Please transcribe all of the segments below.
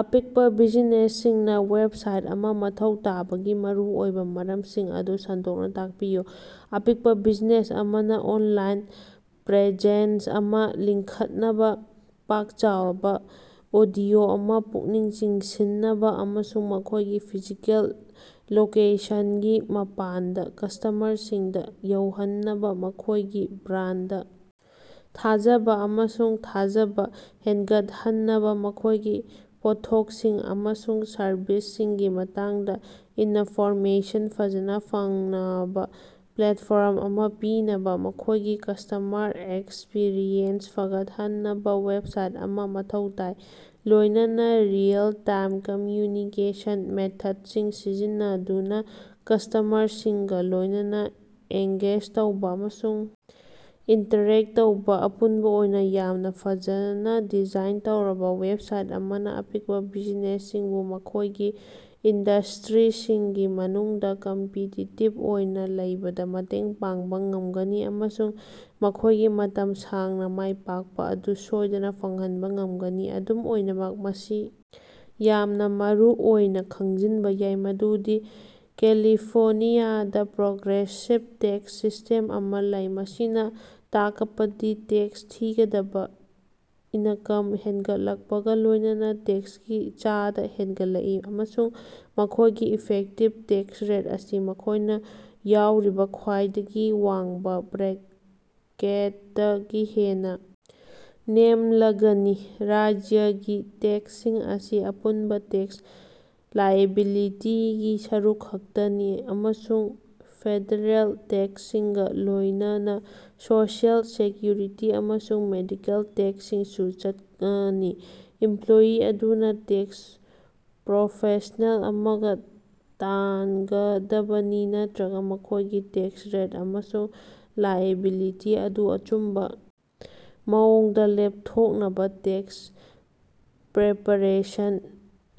ꯑꯄꯤꯛꯄ ꯕꯤꯖꯤꯅꯦꯁꯁꯤꯡꯅ ꯋꯦꯕꯁꯥꯏꯠ ꯑꯃ ꯃꯊꯧ ꯇꯥꯕꯒꯤ ꯃꯔꯨꯑꯣꯏꯕꯥ ꯃꯔꯝꯁꯤꯡ ꯑꯗꯨ ꯁꯟꯗꯣꯛꯅ ꯇꯥꯛꯄꯤꯌꯨ꯫ ꯑꯄꯤꯛꯄ ꯕꯤꯖꯤꯅꯦꯁ ꯑꯃꯅꯥ ꯑꯣꯟꯂꯥꯏꯟ ꯄ꯭ꯔꯦꯖꯦꯟꯁ ꯑꯃꯥ ꯂꯤꯡꯈꯠꯅꯕꯥ, ꯄꯥꯛ ꯆꯥꯎꯔꯕꯥ ꯑꯣꯗꯤꯑꯣ ꯑꯃꯥ ꯄꯨꯛꯅꯤꯡ ꯆꯤꯡꯁꯤꯟꯅꯕꯥ ꯑꯃꯁꯨꯡ ꯃꯈꯣꯏꯒꯤ ꯐꯤꯖꯤꯀꯦꯜ ꯂꯣꯀꯦꯁꯟꯒꯤ ꯃꯄꯥꯟꯗ ꯀ꯭ꯁꯇꯃꯔꯁꯤꯡꯗ ꯌꯧꯍꯟꯅꯕ, ꯃꯈꯣꯏꯒꯤ ꯕ꯭ꯔꯥꯟꯗꯗ ꯊꯥꯖꯕ ꯑꯃꯁꯨꯡ ꯊꯥꯖꯕ ꯍꯦꯡꯒꯠꯍꯟꯅꯕ, ꯃꯈꯣꯏꯒꯤ ꯄꯣꯠꯊꯣꯛꯁꯤꯡ ꯑꯃꯁꯨꯡ ꯁꯔꯕꯤꯁꯁꯤꯡꯒꯤ ꯃꯇꯥꯡꯗ ꯏꯅꯐꯣꯔꯃꯦꯁꯟ ꯐꯖꯅꯥ ꯐꯪꯅꯕꯥ ꯄ꯭ꯂꯦꯠꯐ꯭ꯣꯔꯝ ꯑꯃ ꯄꯤꯅꯕ, ꯃꯈꯣꯏꯒꯤ ꯀ꯭ꯁꯇꯃꯔ ꯑꯦꯛꯁꯄꯤꯔꯤꯑꯦꯟꯁ ꯐꯒꯠꯍꯟꯅꯕ ꯋꯦꯕꯁꯥꯏꯠ ꯑꯃꯥ ꯃꯊꯧ ꯇꯥꯏ꯫, ꯂꯣꯏꯅꯅ ꯔꯤꯑꯦꯜ-ꯇꯥꯏꯝ ꯀꯝꯃ꯭ꯌꯨꯅꯤꯀꯦꯁꯟ ꯃꯦꯊꯠꯁꯤꯡ ꯁꯤꯖꯤꯟꯅꯗꯨꯅ ꯀ꯭ꯁꯇꯃꯔꯁꯤꯡꯒꯥ ꯂꯣꯏꯅꯅ ꯑꯦꯡꯒꯦꯖ ꯇꯧꯕ ꯑꯃꯁꯨꯡ ꯏꯟꯇꯔꯦꯛ ꯇꯧꯕꯥ꯫ ꯑꯄꯨꯟꯕ ꯑꯣꯏꯅ ꯌꯥꯝꯅ ꯐꯖꯅ ꯗꯤꯖꯥꯏꯟ ꯇꯧꯔꯕ ꯋꯦꯕꯁꯥꯏꯠ ꯑꯃꯅ ꯑꯄꯤꯛꯄ ꯕꯤꯖꯤꯅꯦꯁꯁꯤꯡꯕꯨ ꯃꯈꯣꯏꯒꯤ ꯏꯟꯗꯁ꯭ꯇꯔꯤꯁꯤꯡꯒꯤ ꯃꯅꯨꯡꯗꯥ ꯀꯝꯄꯤꯇꯤꯇꯤꯕ ꯑꯣꯏꯅꯥ ꯂꯩꯕꯗꯥ ꯃꯇꯦꯡ ꯄꯥꯡꯕꯥ ꯉꯝꯒꯅꯤ ꯑꯃꯁꯨꯡ ꯃꯈꯣꯏꯒꯤ ꯃꯇꯝ ꯁꯥꯡꯅꯥ ꯃꯥꯏꯄꯥꯛꯄꯥ ꯑꯗꯨ ꯁꯣꯏꯗꯅꯥ ꯐꯪꯍꯟꯕꯥ ꯉꯝꯒꯅꯤ꯫ ꯑꯗꯨꯝ ꯑꯣꯏꯅꯃꯛ, ꯃꯁꯤ ꯌꯥꯝꯅꯥ ꯃꯔꯨꯑꯣꯏꯅꯥ ꯈꯪꯖꯤꯟꯕ ꯌꯥꯏ ꯃꯗꯨꯗꯤ ꯀꯦꯂꯤꯐꯣꯔꯅꯤꯌꯥꯗꯥ ꯄ꯭ꯔꯣꯒ꯭ꯔꯦꯁꯤꯚ ꯇꯦꯛꯁ ꯁꯤꯁꯇꯦꯝ ꯑꯃ ꯂꯩ, ꯃꯁꯤꯅꯥ ꯇꯥꯀꯄꯗꯤ ꯇꯦꯛꯁ ꯊꯤꯒꯗꯕꯥ ꯏꯅꯀꯝ ꯍꯦꯡꯒꯠꯂꯛꯄꯒꯥ ꯂꯣꯏꯅꯅ ꯇꯦꯛꯁꯀꯤ ꯆꯥꯗ ꯍꯦꯡꯒꯠꯂꯛꯏ, ꯑꯃꯁꯨꯡ ꯃꯈꯣꯏꯒꯤ ꯏꯐꯦꯛꯇꯤꯕ ꯇꯦꯛꯁ ꯔꯦꯠ ꯑꯁꯤ ꯃꯈꯣꯏꯅ ꯌꯥꯎꯔꯤꯕ ꯈ꯭ꯋꯥꯏꯗꯒꯤ ꯋꯥꯡꯕ ꯕ꯭ꯔꯦꯀꯦꯠꯇꯒꯤ ꯍꯦꯟꯅ ꯅꯦꯝꯂꯒꯅꯤ꯫ ꯔꯥꯖ꯭ꯌꯒꯤ ꯇꯦꯛꯁꯁꯤꯡ ꯑꯁꯤ ꯑꯄꯨꯟꯕꯥ ꯇꯦꯛꯁ ꯂꯥꯏꯑꯦꯕꯤꯂꯤꯇꯤꯒꯤ ꯁꯔꯨꯛ ꯈꯛꯇꯅꯤ, ꯑꯃꯁꯨꯡ ꯐꯦꯗꯔꯦꯜ ꯇꯦꯛꯁꯁꯤꯡꯒꯥ ꯂꯣꯏꯅꯅꯥ ꯁꯣꯁꯤꯑꯦꯜ ꯁꯦꯛꯌꯨꯔꯤꯇꯤ ꯑꯃꯁꯨꯡ ꯃꯦꯗꯤꯀꯦꯜ ꯇꯦꯛꯁꯁꯤꯡꯁꯨ ꯆꯠꯉꯅꯤ꯫ ꯏꯝꯄ꯭ꯂꯣꯌꯤ ꯑꯗꯨꯅꯥ ꯇꯦꯛꯁ ꯄ꯭ꯔꯣꯐꯦꯁꯅꯦꯜ ꯑꯃꯒꯥ ꯇꯥꯟꯒꯗꯕꯅꯤ ꯅꯠꯇꯔꯒ ꯃꯈꯣꯏꯒꯤ ꯇꯦꯛꯁ ꯔꯦꯠ ꯑꯃꯁꯨꯡ ꯂꯥꯏꯑꯦꯕꯤꯂꯤꯇꯤ ꯑꯗꯨ ꯑꯆꯨꯝꯕꯥ ꯃꯑꯣꯡꯗꯥ ꯂꯦꯞꯊꯣꯛꯅꯕꯥ ꯇꯦꯛꯁ ꯄ꯭ꯔꯦꯄꯥꯔꯦꯁꯟ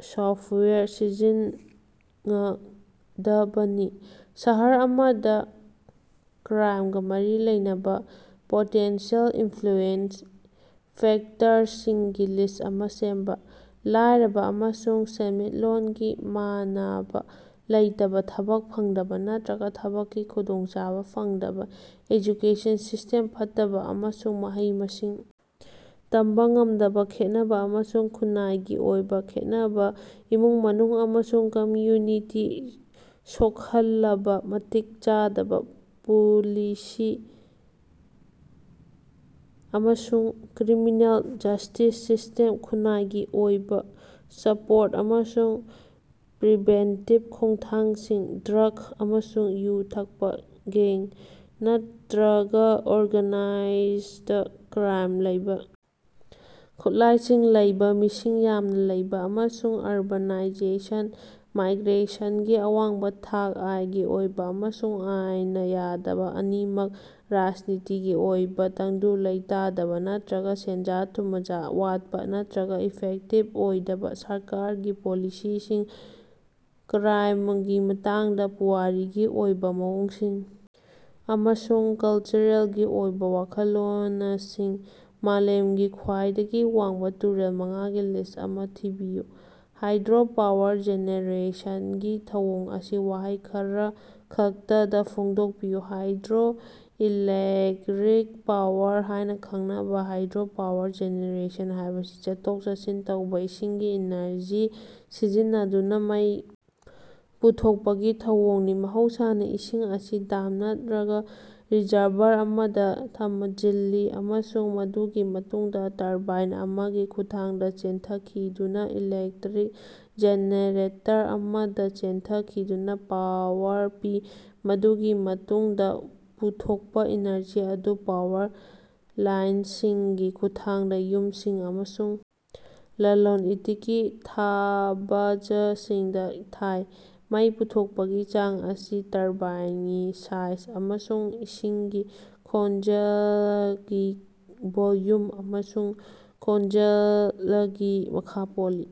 ꯁꯣꯐꯠꯋꯥꯌꯔ ꯁꯤꯖꯤꯟꯉꯗꯕꯅꯤ꯫ ꯁꯍꯔ ꯑꯃꯗ ꯀ꯭ꯔꯥꯏꯝꯒꯥ ꯃꯔꯤ ꯂꯩꯅꯕ ꯄꯣꯇꯦꯟꯁꯤꯑꯦꯜ ꯏꯟꯐ꯭ꯂꯨꯑꯦꯟꯖ ꯐꯦꯛꯇꯔꯁꯤꯡꯒꯤ ꯂꯤꯁ꯭ꯠ ꯑꯃ ꯁꯦꯝꯕ꯫ ꯂꯥꯏꯔꯕ ꯑꯃꯁꯨꯡ ꯁꯦꯟꯃꯤꯠꯂꯣꯒꯤ ꯃꯥꯟꯅꯕꯥ ꯂꯩꯇꯕꯥ ꯊꯕꯛ ꯐꯪꯗꯕꯥ ꯅꯠꯇꯔꯒ ꯊꯕꯛꯀꯤ ꯈꯨꯗꯣꯡꯆꯥꯕꯥ ꯐꯪꯗꯕꯥ ꯑꯦꯖꯨꯀꯦꯁꯟ ꯁꯤꯁ꯭ꯇꯦꯝ ꯐꯠꯇꯕꯥ ꯑꯃꯁꯨꯡ ꯃꯍꯩ-ꯃꯁꯤꯡ ꯇꯝꯕꯥ ꯉꯝꯗꯕꯥ ꯈꯦꯟꯅꯕꯥ ꯑꯃꯁꯨꯡ ꯈꯨꯟꯅꯥꯏꯒꯤ ꯑꯣꯏꯕꯥ ꯈꯦꯠꯅꯕꯥ ꯏꯃꯨꯡ-ꯃꯅꯨꯡ ꯑꯃꯁꯨꯡ ꯀꯝꯌꯨꯅꯤꯇꯤ ꯁꯣꯛꯍꯜꯂꯕꯥ ꯃꯇꯤꯛ ꯆꯥꯗꯕꯥ ꯄꯨꯂꯤꯁꯤꯡ ꯑꯃꯁꯨꯡ ꯀ꯭ꯔꯤꯃꯤꯅꯦꯜ ꯖꯁ꯭ꯇꯤꯁ ꯁꯤꯁꯇꯦꯝ ꯈꯨꯟꯅꯥꯏꯒꯤ ꯑꯣꯏꯕ꯫ ꯁꯄꯣꯔꯠ ꯑꯃꯁꯨꯡ ꯄ꯭ꯔꯤꯚꯦꯟꯇꯤꯚ ꯈꯣꯡꯊꯥꯡꯁꯤꯡ ꯗ꯭ꯔꯒ ꯑꯃꯁꯨꯡ ꯌꯨ ꯊꯛꯄꯥ ꯒꯦꯡ ꯅꯠꯇꯔꯒ ꯑꯣꯔꯒꯥꯅꯥꯏꯖꯗ ꯀ꯭ꯔꯥꯏꯝ ꯂꯩꯕꯥ ꯈꯨꯠꯂꯥꯏꯁꯤꯡ ꯂꯩꯕꯥ ꯃꯤꯁꯤꯡ ꯌꯥꯝꯅꯥ ꯂꯩꯕꯥ ꯑꯃꯁꯨꯡ ꯑꯔꯕꯥꯅꯥꯏꯖꯦꯁꯟ ꯃꯥꯏꯒ꯭ꯔꯦꯁꯟꯒꯤ ꯑꯋꯥꯡꯕ ꯊꯥꯛ, ꯑꯥꯏꯒꯤ ꯑꯣꯏꯕꯥ ꯑꯃꯁꯨꯡ ꯑꯥꯏꯟꯅꯥ ꯌꯥꯗꯕꯥ ꯑꯅꯤꯃꯛ ꯔꯥꯖꯅꯤꯇꯤꯒꯤ ꯑꯣꯏꯕꯥ ꯇꯪꯗꯨ ꯂꯩꯇꯥꯗꯕ ꯅꯠꯇꯔꯒ ꯁꯦꯟꯖꯥ-ꯊꯨꯃꯖꯥ ꯋꯥꯠꯄ ꯅꯠꯇꯔꯒ ꯏꯐꯦꯛꯇꯤꯕ ꯑꯣꯏꯗꯕ ꯁꯔꯀꯥꯔꯒꯤ ꯄꯣꯂꯤꯁꯤꯁꯤꯡ ꯀ꯭ꯔꯥꯏꯃꯒꯤ ꯃꯇꯥꯡꯗ ꯄꯨꯋꯥꯔꯤꯒꯤ ꯑꯣꯏꯕꯥ ꯃꯑꯣꯡꯁꯤꯡ ꯑꯃꯁꯨꯡ ꯀꯜꯆꯔꯦꯜꯒꯤ ꯑꯣꯏꯕ ꯋꯥꯈꯜꯂꯣꯅꯁꯤꯡ꯫ ꯃꯥꯂꯦꯝꯒꯤ ꯈ꯭ꯋꯥꯏꯗꯒꯤ ꯋꯥꯡꯕ ꯇꯨꯔꯦꯜ ꯃꯉꯥ ꯒꯤ ꯂꯤꯁ꯭ꯠ ꯑꯃ ꯊꯤꯕꯤꯌꯨ꯫ ꯍꯥꯏꯗ꯭ꯔꯣꯄꯥꯋꯔ ꯖꯦꯅꯦꯔꯦꯁꯟꯒꯤ ꯊꯧꯑꯣꯡ ꯑꯁꯤ ꯋꯥꯍꯩ ꯈꯔꯈꯛꯇꯗ ꯐꯣꯡꯗꯣꯛꯄꯤꯌꯨ꯫ ꯍꯥꯏꯗ꯭ꯔꯣꯏꯂꯦꯛꯠꯔꯤꯛ ꯄꯥꯋꯔ ꯍꯥꯏꯅ ꯈꯪꯅꯕꯥ ꯍꯥꯏꯗ꯭ꯔꯣꯄꯥꯋꯔ ꯖꯦꯅꯦꯔꯦꯁꯟ ꯍꯥꯏꯕꯁꯤ ꯆꯠꯊꯣꯛ-ꯆꯠꯁꯤꯟ ꯇꯧꯕꯥ ꯏꯁꯤꯡꯒꯤ ꯏꯅꯔꯖꯤ ꯁꯤꯖꯤꯟꯅꯗꯨꯅꯥ ꯃꯩ ꯄꯨꯊꯣꯛꯄꯒꯤ ꯊꯧꯑꯣꯡꯅꯤ꯫ ꯃꯍꯧꯁꯥꯅ, ꯏꯁꯤꯡ ꯑꯁꯤ ꯗꯥꯝ ꯅꯠꯈꯔꯒ ꯔꯤꯖꯔꯚꯔ ꯑꯃꯗ ꯊꯃꯖꯤꯜꯂꯤ, ꯑꯃꯁꯨꯡ ꯃꯗꯨꯒꯤ ꯃꯇꯨꯡꯗꯥ ꯇꯔꯕꯥꯏꯟ ꯑꯃꯒꯤ ꯈꯨꯠꯊꯥꯡꯗ ꯆꯦꯟꯊꯈꯤꯗꯨꯅ ꯏꯂꯦꯛꯇꯔꯤꯛ ꯖꯦꯅꯦꯔꯦꯇꯔ ꯑꯃꯗ ꯆꯦꯟꯊꯈꯤꯗꯨꯅꯥ ꯄꯥꯋꯔ ꯄꯤ꯫ ꯃꯗꯨꯒꯤ ꯃꯇꯨꯡꯗꯥ ꯄꯨꯊꯣꯛꯄ ꯏꯅꯔꯖꯤ ꯑꯗꯨ ꯄꯥꯋꯔ ꯂꯥꯏꯟꯁꯤꯡꯒꯤ ꯈꯨꯠꯊꯥꯡꯗ ꯌꯨꯝꯁꯤꯡ ꯑꯃꯁꯨꯡ ꯂꯂꯣꯟ-ꯏꯇꯤꯛꯀꯤ ꯊꯕꯖꯁꯤꯡꯗꯥ ꯊꯥꯏ꯫ ꯃꯩ ꯄꯨꯊꯣꯛꯄꯒꯤ ꯆꯥꯡ ꯑꯁꯤ ꯇꯔꯕꯥꯏꯉꯤ ꯁꯥꯏꯖ ꯑꯃꯁꯨꯡ ꯏꯁꯤꯡꯒꯤ ꯈꯣꯡꯖꯦꯂꯒꯤ ꯚꯣꯜꯌꯨꯝ ꯑꯃꯁꯨꯡ ꯈꯣꯡꯖꯦꯂꯒꯤ ꯃꯈꯥ ꯄꯣꯜꯂꯤ꯫